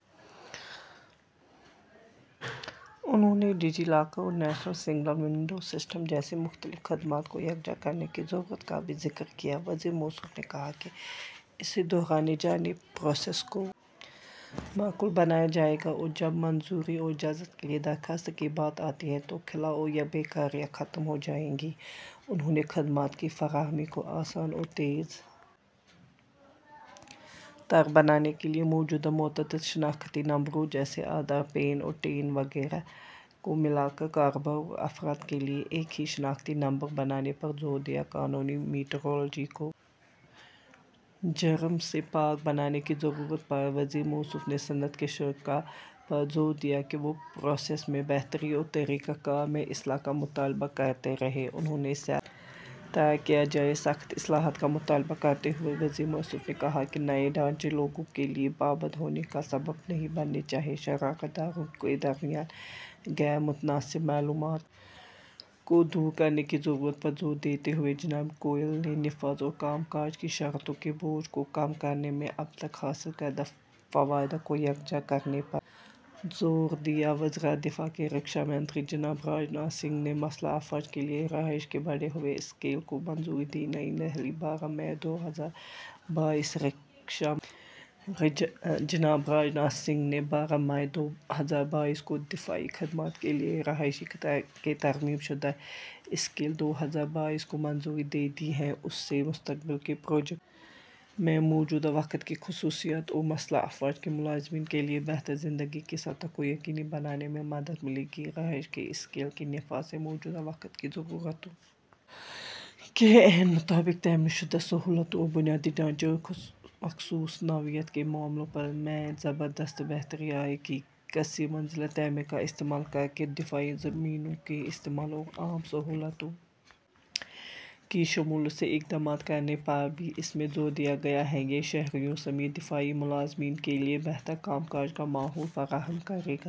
انہوں نے DigiLocker اور نیشنل سنگل ونڈو سسٹم جیسی مختلف خدمات کو یکجا کرنے کی ضرورت کا بھی ذکر کیا وزیر موصوف نے کہا کہ اس سے دوہرائے جانے والے پروسیس کو معقول بنایا جائے گا اور جب منظوری اور اجازت کے لیے درخواست کی بات آتی ہے تو خلا اور بیکاریاں ختم ہو جائیں گی انہوں نے خدمات کی فراہمی کو آسان اور تیز تر بنانے کے لیے موجودہ متعدد شناختی نمبروں جیسے آدھار پین اور ٹین وغیرہ کو ملا کر کاروبار اور افراد کے لیے ایک ہی شناختی نمبر بنانے پر زور دیا قانونی میٹرولوجی کو جرم سے پاک بنانے کی ضرورت پر وزیر موصوف نے صنعت کے شرکا پر زور دیا کہ وہ پروسیس میں بہتری اور طریقہ کار میں اصلاح کا مطالبہ کرتے رہیں انہوں نے سیلف تیار کیا جائے سخت اصلاحات کا مطالبہ کرتے ہوئے وزیر موصوف نے کہا کہ نئے ڈھانچے لوگوں کے لیے پابند ہونے کا سبب نہیں بننے چاہئیں شراکت داروں کے درمیان غیر متناسب معلومات کو دور کرنے کی ضرورت پر زور دیتے ہوئے جناب گوئل نے نفاذ اور کام کاج کی شرطوں کے بوجھ کو کم کرنے میں اب تک حاصل کردہ فوائد کو یکجا کرنے پر زور دیا وزارت دفاع کے رکشا منتری جناب راج ناتھ سنگھ نے مسلح افواج کے لیے رہائش کے بڑھے ہوئے اسکیل کو منظوری دی نئی دہلی بارہ مئی دو ہزار بائیس رکشا منتری جناب راج ناتھ سنگھ نے بارہ مئی دو ہزار بائیس کو دفاعی خدمات کے لیے رہائش کے ترمیم شدہ اسکیل دو ہزار بائیس کو منظوری دے دی ہے اس سے مستقبل کے پروجیکٹوں میں موجودہ وقت کی خصوصیات اور مسلح افواج کے ملازمین کے لیے بہتر زندگی کی سطح کو یقینی بنانے میں مدد ملے گی رہائش کے اسکیل کے نفاذ سے موجودہ وقت کی ضرورتوں کے عین مطابق تعمیر شدہ سہولتوں اور بنیادی ڈھانچے اور مخصوص نوعیت کے معاملوں میں زبردست بہتری آئے گی کثیر منزلہ تعمیر کا استعمال کر کے دفاعی زمینوں کے استعمال اور عام سہولتوں کی شمولیت سے اقدامات کرنے پر بھی اس میں زور دیا گیا ہے یہ شہریوں سمیت دفاعی ملازمین کے لیے بہتر کام کاج کا ماحول فراہم کرے گا